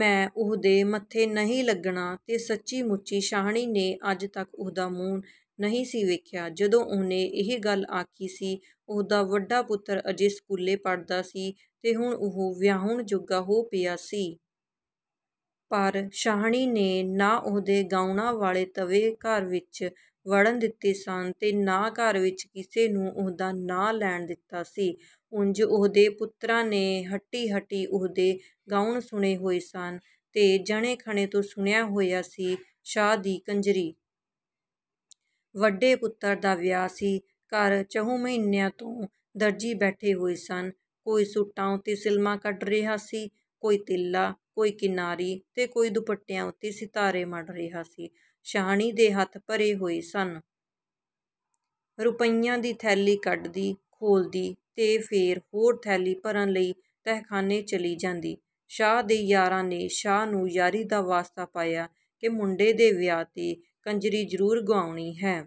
ਮੈਂ ਉਹਦੇ ਮੱਥੇ ਨਹੀਂ ਲੱਗਣਾ ਤੇ ਸੱਚੀ-ਮੁੱਚੀ ਸ਼ਾਹਣੀ ਨੇ ਅੱਜ ਤੱਕ ਉਹਦਾ ਮੂੰਹ ਨਹੀਂ ਸੀ ਵੇਖਿਆ। ਜਦੋਂ ਉਹਨੇ ਇਹ ਗੱਲ ਆਖੀ ਸੀ, ਉਹਦਾ ਵੱਡਾ ਪੁੱਤਰ ਅਜੇ ਸਕੂਲੇ ਪੜ੍ਹਦਾ ਸੀ, ਤੇ ਹੁਣ ਉਹ ਵਿਆਹੁਣ ਜੋਗਾ ਹੋ ਪਿਆ ਸੀ। ਪਰ ਸ਼ਾਹਣੀ ਨੇ ਨਾ ਉਹਦੇ ਗਾਉਣਾਂ ਵਾਲੇ ਤਵੇ ਘਰ ਵਿਚ ਵੜਣ ਦਿੱਤੇ ਸਨ, ਤੇ ਨਾ ਘਰ ਵਿਚ ਕਿਸੇ ਨੂੰ ਉਹਦਾ ਨਾਂ ਲੈਣ ਦਿੱਤਾ ਸੀ। ਉਂਜ ਉਹਦੇ ਪੁੱਤਰਾਂ ਨੇ ਹੱਟੀ-ਹੱਟੀ ਉਹਦੇ ਗਾਉਣ ਸੁਣੇ ਹੋਏ ਸਨ, ਤੇ ਜਣੇ-ਖਣੇ ਤੋਂ ਸੁਣਿਆ ਹੋਇਆ ਸੀ, "ਸ਼ਾਹ ਦੀ ਕੰਜਰੀ।" ਵੱਡੇ ਪੁੱਤਰ ਦਾ ਵਿਆਹ ਸੀ। ਘਰ ਚਹੁੰ ਮਹੀਨਿਆਂ ਤੋਂ ਦਰਜ਼ੀ ਬੈਠੇ ਹੋਏ ਸਨ। ਕੋਈ ਸੂਟਾਂ ਉੱਤੇ ਸਿਲਮਾ ਕੱਢ ਰਿਹਾ ਸੀ, ਕੋਈ ਤਿੱਲਾ, ਕੋਈ ਕਿਨਾਰੀ ਤੇ ਕੋਈ ਦੁਪੱਟਿਆਂ ਉੱਤੇ ਸਿਤਾਰੇ ਮੜ੍ਹ ਰਿਹਾ ਸੀ। ਸ਼ਾਹਣੀ ਦੇ ਹੱਥ ਭਰੇ ਹੋਏ ਸਨ। ਰੁਪਈਆਂ ਦੀ ਥੈਲੀ ਕੱਢਦੀ, ਖੋਲ੍ਹਦੀ, ਤੇ ਫੇਰ ਹੋਰ ਥੈਲੀ ਭਰਨ ਲਈ ਤਹਿਖਾਨੇ ਚਲੀ ਜਾਂਦੀ। ਸ਼ਾਹ ਦੇ ਯਾਰਾਂ ਨੇ ਸ਼ਾਹ ਨੂੰ ਯਾਰੀ ਦਾ ਵਾਸਤਾ ਪਾਇਆ ਕਿ ਮੁੰਡੇ ਦੇ ਵਿਆਹ ਤੇ ਕੰਜਰੀ ਜ਼ਰੂਰ ਗੁਆਉਣੀ ਹੈ।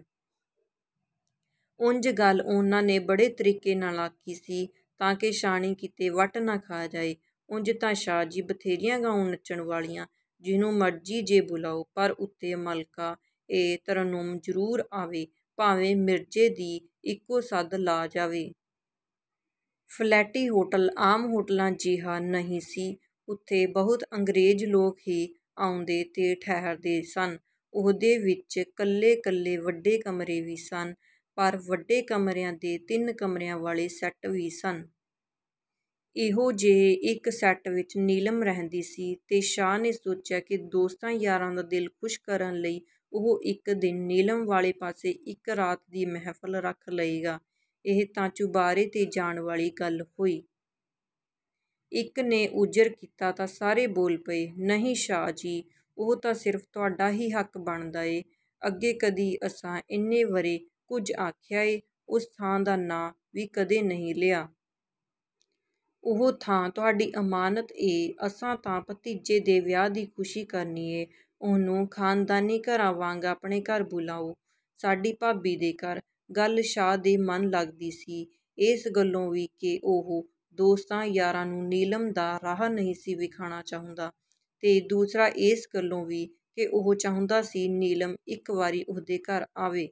ਉਂਜ ਗੱਲ ਉਹਨਾਂ ਨੇ ਬੜੇ ਤਰੀਕੇ ਨਾਲ ਆਖੀ ਸੀ, ਤਾਂ ਕਿ ਸ਼ਾਹਣੀ ਕਿਤੇ ਵੱਟ ਨਾ ਖਾ ਜਾਏ। "ਉਂਜ ਤਾਂ ਸ਼ਾਹ ਜੀ, ਬਥੇਰੀਆਂ ਗਾਉਣ-ਨੱਚਣ ਵਾਲੀਆਂ, ਜਿਹਨੂੰ ਮਰਜ਼ੀ ਜੇ ਬੁਲਾਉ। ਪਰ ਉੱਥੇ ਮਲਕਾ-ਏ-ਤਰੰਨੁਮ ਜ਼ਰੂਰ ਆਵੇ, ਭਾਵੇਂ ਮਿਰਜ਼ੇ ਦੀ ਇਕੋ ਸੱਦ ਲਾ ਜਾਵੇ।" ਫਲੈਟੀ ਹੋਟਲ ਆਮ ਹੋਟਲਾਂ ਜਿਹਾ ਨਹੀਂ ਸੀ। ਉੱਥੇ ਬਹੁਤ ਅੰਗਰੇਜ਼ ਲੋਕ ਹੀ ਆਉਂਦੇ ਤੇ ਠਹਿਰਦੇ ਸਨ। ਉਹਦੇ ਵਿਚ ਕੱਲੇ-ਕੱਲੇ ਵੱਡੇ ਕਮਰੇ ਵੀ ਸਨ, ਪਰ ਵੱਡੇ ਕਮਰਿਆਂ ਦੇ ਤਿੰਨ ਕਮਰਿਆਂ ਵਾਲੇ ਸੈੱਟ ਵੀ ਸਨ। ਇਹੋ ਜਿਹੇ ਇੱਕ ਸੈੱਟ ਵਿਚ ਨੀਲਮ ਰਹਿੰਦੀ ਸੀ ਤੇ ਸ਼ਾਹ ਨੇ ਸੋਚਿਆ ਕਿ ਦੋਸਤਾਂ-ਯਾਰਾਂ ਦਾ ਦਿਲ ਖੁਸ਼ ਕਰਨ ਲਈ ਉਹ ਇੱਕ ਦਿਨ ਨੀਲਮ ਵਾਲੇ ਪਾਸੇ ਇੱਕ ਰਾਤ ਦੀ ਮਹਿਫ਼ਲ ਰੱਖ ਲਏਗਾ। "ਇਹ ਤਾਂ ਚੁਬਾਰੇ ਤੇ ਜਾਣ ਵਾਲੀ ਗੱਲ ਹੋਈ।" ਇੱਕ ਨੇ ਉਜ਼ਰ ਕੀਤਾ ਤਾਂ ਸਾਰੇ ਬੋਲ ਪਏ, "ਨਹੀਂ ਸ਼ਾਹ ਜੀ, ਉਹ ਤਾਂ ਸਿਰਫ਼ ਤੁਹਾਡਾ ਹੀ ਹੱਕ ਬਣਦਾ ਏ। ਅੱਗੇ ਕਦੀ ਅਸਾਂ ਏਨੇ ਵਰ੍ਹੇ ਕੁਝ ਆਖਿਆ ਏ? ਉਸ ਥਾਂ ਦਾ ਨਾਂ ਵੀ ਕਦੇ ਨਹੀਂ ਲਿਆ। ਉਹ ਥਾਂ ਤੁਹਾਡੀ ਅਮਾਨਤ ਏ। ਅਸਾਂ ਤਾਂ ਭਤੀਜੇ ਦੇ ਵਿਆਹ ਦੀ ਖੁਸ਼ੀ ਕਰਨੀ ਏ। ਉਹਨੂੰ ਖਾਨਦਾਨੀ ਘਰਾਂ ਵਾਂਗ ਆਪਣੇ ਘਰ ਬੁਲਾਉ, ਸਾਡੀ ਭਾਬੀ ਦੇ ਘਰ..." ਗੱਲ ਸ਼ਾਹ ਦੇ ਮਨ ਲੱਗਦੀ ਸੀ। ਏਸ ਗੱਲੋਂ ਵੀ ਕਿ ਉਹ ਦੋਸਤਾਂ-ਯਾਰਾਂ ਨੂੰ ਨੀਲਮ ਦਾ ਰਾਹ ਨਹੀਂ ਸੀ ਵਿਖਾਣਾ ਚਾਹੁੰਦਾ, ਤੇ ਦੂਸਰਾ ਏਸ ਗੱਲੋਂ ਵੀ ਕਿ ਉਹ ਚਾਹੁੰਦਾ ਸੀ ਨੀਲਮ ਇੱਕ ਵਾਰੀ ਉਹਦੇ ਘਰ ਆਵੇ...।